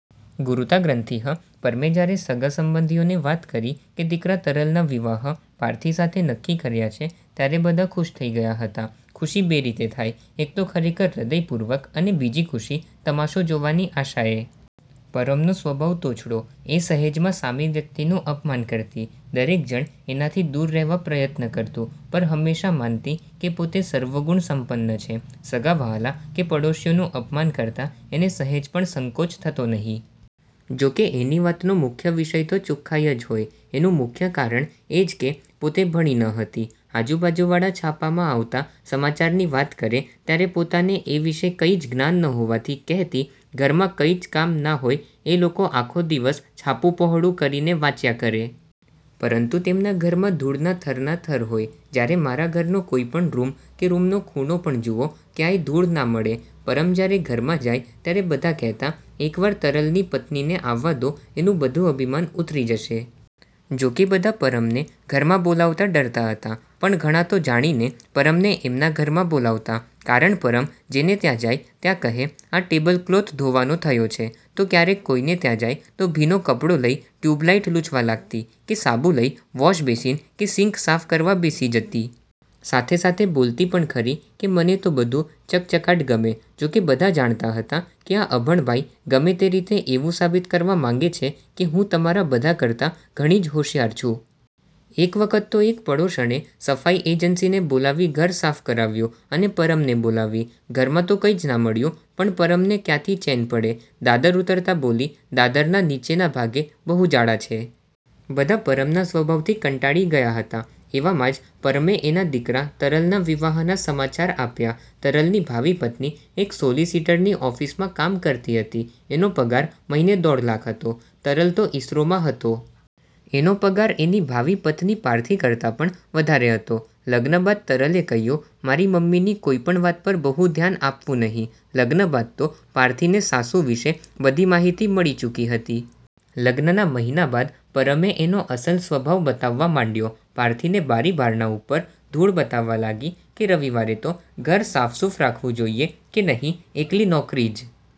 ગુરૂતાગ્રંથિ: પરમે જયારે સગાસંબંધીઓને વાત કરી કે દીકરા તરલના વિવાહ પાર્થી સાથે નક્કી કર્યા છે, ત્યારે બધા ખુશ થઈ ગયા હતા. ખુશી બે રીતે થાય એક તો ખરેખર હ્દયપૂર્વક અને બીજી ખુશી તમાશો જોવાની આશાએ. પરમનો સ્વભાવ તોછડો. એ સહેજમાં સામી વ્યક્તિનું અપમાન કરતી. દરેક જણ એનાથી દૂર રહેવા પ્રયત્ન કરતું. પરમ હમેશાં માનતી કે પોતે સર્વગુણસંપન્ન છે. સગાવહાલા કે પડોશીઓનું અપમાન કરતાં એને સહેજપણ સંકોચ થતો નહીં. જો કે એની વાતનો મુખ્ય વિષય તો ચોખ્ખાઈ જ હોય. એનું મુખ્ય કારણ એ જ કે પોતે ભણી ન હતી. આજુ-બાજુવાળા છાપામાં આવતાં સમાચારની વાત કરે ત્યારે પોતાને એ વિષે કંઈ જ જ્ઞાન ન હોવાથી કહેતી,"ઘરમાં કંઈ જ કામ ના હોય એ લોકો આખો દિવસ છાપું પહોળું કરીને વાંચ્યા કરે. પરંતુ તેમના ઘરમાં ધૂળના થરના થર હોય. જયારે મારા ઘરનો કોઈ પણ રુમ કે રુમનો ખૂણો પણ જુઓ ક્યાંય ધૂળ ના મળે."પરમ જયારે ઘરમાં જાય ત્યારે બધા કહેતાં, "એકવાર તરલની પત્નીને આવવા દો એનું બધું અભિમાન ઉતરી જશે." જો કે બધા પરમને ઘરમાં બોલાવતાં ડરતાં હતાં, પણ ઘણા તો જાણીને પરમને એમના ઘરમાં બોલાવતાં, કારણ પરમ જેને ત્યાં જાય ત્યાં કહે,"આ ટેબલ કલોથ ધોવાનો થયો છે." તો કયારેક કોઈને ત્યાં જાય તો ભીનો કપડો લઈ ટ્યુબલાઈટ લૂછવા લાગતી, કે સાબુ લઈ વોશબેઝીન કે સિન્ક સાફ કરવા બેસી જતી. સાથે-સાથે બોલતી પણ ખરી કે,"મને તો બધુ ચકચકાટ ગમે." જો કે બધા જાણતાં હતાં કે આ અભણબાઈ ગમે તે રીતે એવું સાબિત કરવા માંગે છે કે હું તમારા બધા કરતાં ઘણી જ હોંશિયાર છું. એકવખત તો એક પડોશણે સફાઈ એજન્સી ને બોલાવી ઘર સાફ કરાવ્યું અને પરમને બોલાવી. ઘરમાં તો કંઈ જ ના મળ્યું, પણ પરમને કયાંથી ચેન પડે? દાદર ઉતરતાં બોલી, "દાદરના નીચેના ભાગે બહુુ જાળાં છે." બધા પરમના સ્વભાવથી કંટાળી ગયા હતાં. એવામાં જ પરમે એના દીકરા તરલના વિવાહ ના સમાચાર આપ્યા. તરલની ભાવી પત્ની એક સોલિસીટરની ઓફિસમાં કામ કરતી હતી, એનો પગાર મહિને દોઢલાખ હતો. તરલ તો ઈસરોમાં હતો. એનો પગાર એની ભાવિ પત્ની પાર્થી કરતાં પણ વધારે હતો. લગ્ન બાદ તરલે કહેલું, "મારી મમ્મીની કોઈ પણ વાત પર બહુ ધ્યાન આપવું નહિ." લગ્ન બાદ તો પાર્થી ને સાસુ વિષે બધી માહિતી મળી ચૂકી હતી. લગ્નના મહિના બાદ પરમે એનો અસલ સ્વભાવ બતાવવા માંડયો. પાર્થીને બારીબારણા ઉપર ધૂળ બતાવવા લાગી કે રવિવારે તો ઘર સાફસુફ રાખવું જોઈએ કે નહિ? એકલી નોકરી જ